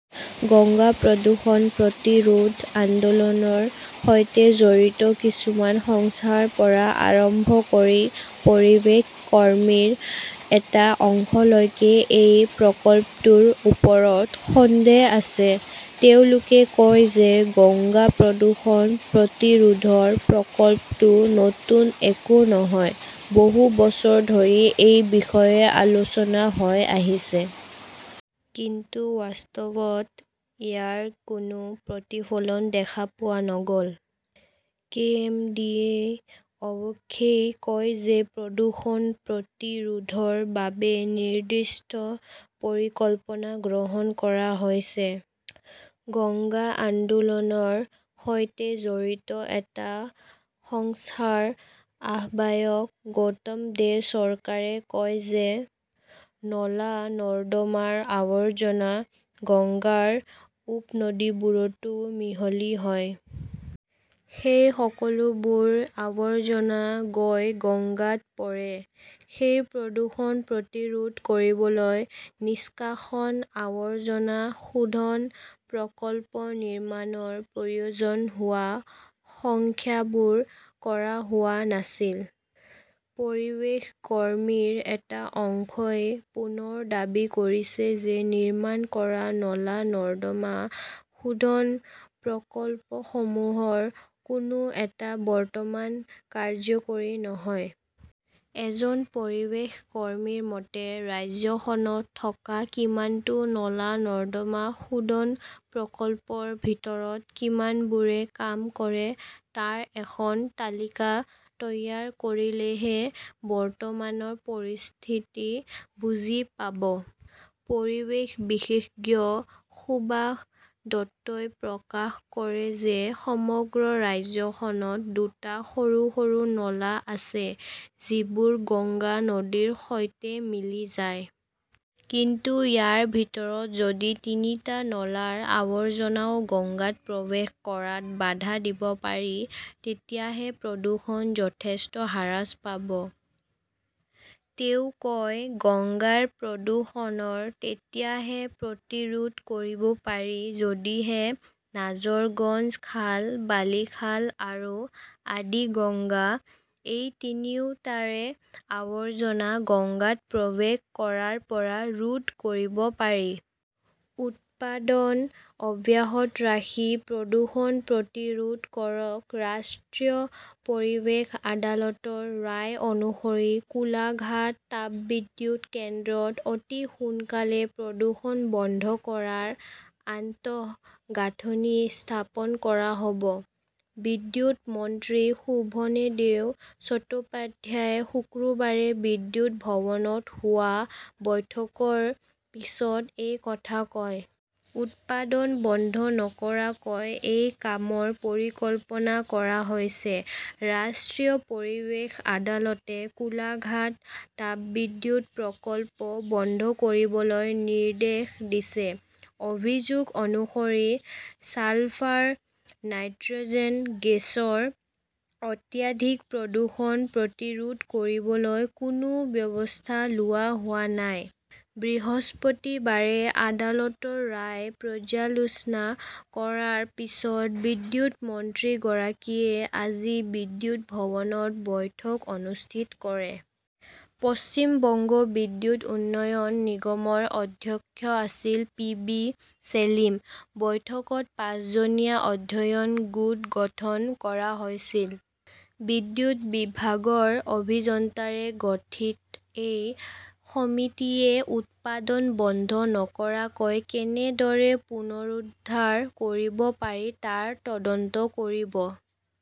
গংগা প্ৰদূষণ প্ৰতিৰোধ আন্দোলনৰ সৈতে জড়িত কিছুমান সংস্থাৰ পৰা আৰম্ভ কৰি পৰিৱেশ কৰ্মীৰ এটা অংশলৈকে এই প্ৰকল্পটোৰ ওপৰত সন্দেহ আছে। তেওঁলোকে কয় যে গংগা প্ৰদূষণ প্ৰতিৰোধৰ প্ৰকল্পটো নতুন একো নহয়। বহু বছৰ ধৰি এই বিষয়ে আলোচনা হৈ আহিছে। কিন্তু বাস্তৱত ইয়াৰ কোনো প্ৰতিফলন দেখা পোৱা নগল। কে. এম. ডি. এ. -য়ে অৱশ্যে কয় যে প্ৰদূষণ প্ৰতিৰোধৰ বাবে নিৰ্দিষ্ট পৰিকল্পনা গ্ৰহণ কৰা হৈছে। গংগা আন্দোলনৰ সৈতে জড়িত এটা সংস্থাৰ আহ্বায়ক গৌতম দে চৰকাৰে কয় যে নলা-নৰ্দমাৰ আৱৰ্জনা গংগাৰ উপনদীবোৰতো মিহলি হয়। সেই সকলোবোৰ আৱৰ্জনা গৈ গংগাত পৰে। সেই প্ৰদূষণ প্ৰতিৰোধ কৰিবলৈ নিষ্কাশন আৱৰ্জনা শোধন প্ৰকল্প নিৰ্মাণৰ প্ৰয়োজন হোৱা সংখ্যাবোৰ কৰা হোৱা নাছিল। পৰিৱেশ কৰ্মীৰ এটা অংশই পুনৰ দাবী কৰিছে যে নিৰ্মাণ কৰা নলা-নৰ্দমা শোধন প্ৰকল্পসমূহৰ কোনো এটা বৰ্তমান কাৰ্যকৰী নহয়। এজন পৰিৱেশ কৰ্মীৰ মতে, ৰাজ্যখনত থকা কিমানটা নলা-নৰ্দমা শোধন প্ৰকল্পৰ ভিতৰত কিমানবোৰে কাম কৰে তাৰ এখন তালিকা তৈয়াৰ কৰিলেহে বৰ্তমানৰ পৰিস্থিতি বুজি পাব! পৰিৱেশ বিশেষজ্ঞ সুভাষ দত্তই প্ৰকাশ কৰে যে সমগ্ৰ ৰাজ্যখনত দুটা সৰু-সৰু নলা আছে যিবোৰ গংগা নদীৰ সৈতে মিলি যায়। কিন্তু ইয়াৰ ভিতৰত, যদি তিনিটা নলাৰ আৱৰ্জনাও গংগাত প্ৰৱেশ কৰাত বাধা দিব পাৰি, তেতিয়াহে প্ৰদূষণ যথেষ্ট হ্ৰাস পাব। তেওঁ কয়, গংগাৰ প্ৰদূষণৰ তেতিয়াহে প্ৰতিৰোধ কৰিব পাৰি যদিহে নাজৰগঞ্জ খাল, বালিখাল আৰু আদিগঙ্গা এই তিনিওটাৰে আৱৰ্জনা গঙ্গাত প্ৰৱেশ কৰাৰ পৰা ৰোধ কৰিব পাৰি। উৎপাদন অব্যাহত ৰাখি প্ৰদূষণ প্ৰতিৰোধ কৰক ৰাষ্ট্ৰীয় পৰিৱেশ আদালতৰ ৰায় অনুসৰি কোলাঘাট তাপবিদ্যুৎ কেন্দ্ৰত অতি সোনকালে প্ৰদূষণ বন্ধ কৰাৰ আন্তঃগাঁথনি স্থাপন কৰা হব। বিদ্যুৎ মন্ত্ৰী শোভনেদেৱ চট্টোপাধ্যায়ই শুকুৰবাৰে বিদ্যুৎ ভৱনত হোৱা বৈঠকৰ পিছত এই কথা কয়। উৎপাদন বন্ধ নকৰাকৈ এই কামৰ পৰিকল্পনা কৰা হৈছে। ৰাষ্ট্ৰীয় পৰিৱেশ আদালতে কোলাঘাট তাপবিদ্যুৎ প্ৰকল্প বন্ধ কৰিবলৈ নিৰ্দেশ দিছে, অভিযোগ অনুসৰি ছালফাৰ-নাইট্ৰজেন গেছৰ অত্যাধিক প্ৰদূষণ প্ৰতিৰোধ কৰিবলৈ কোনো ব্যৱস্থা লোৱা হোৱা নাই। বৃহস্পতিবাৰে আদালতৰ ৰায় পৰ্যালোচনা কৰাৰ পিছত বিদ্যুৎ মন্ত্ৰীগৰাকীয়ে আজি বিদ্যুৎ ভৱনত বৈঠক অনুষ্ঠিত কৰে। পশ্চিম বংগ বিদ্যুৎ উন্নয়ন নিগমৰ অধ্যক্ষ আছিল পি বি ছেলিম। বৈঠকত পাঁচজনীয়া 'অধ্যয়ন গোট গঠন কৰা হৈছিল। বিদ্যুৎ বিভাগৰ অভিযন্তাৰে গঠিত এই সমিতিয়ে উৎপাদন বন্ধ নকৰাকৈ কেনেদৰে পুনৰুদ্ধাৰ কৰিব পাৰি তাৰ তদন্ত কৰিব।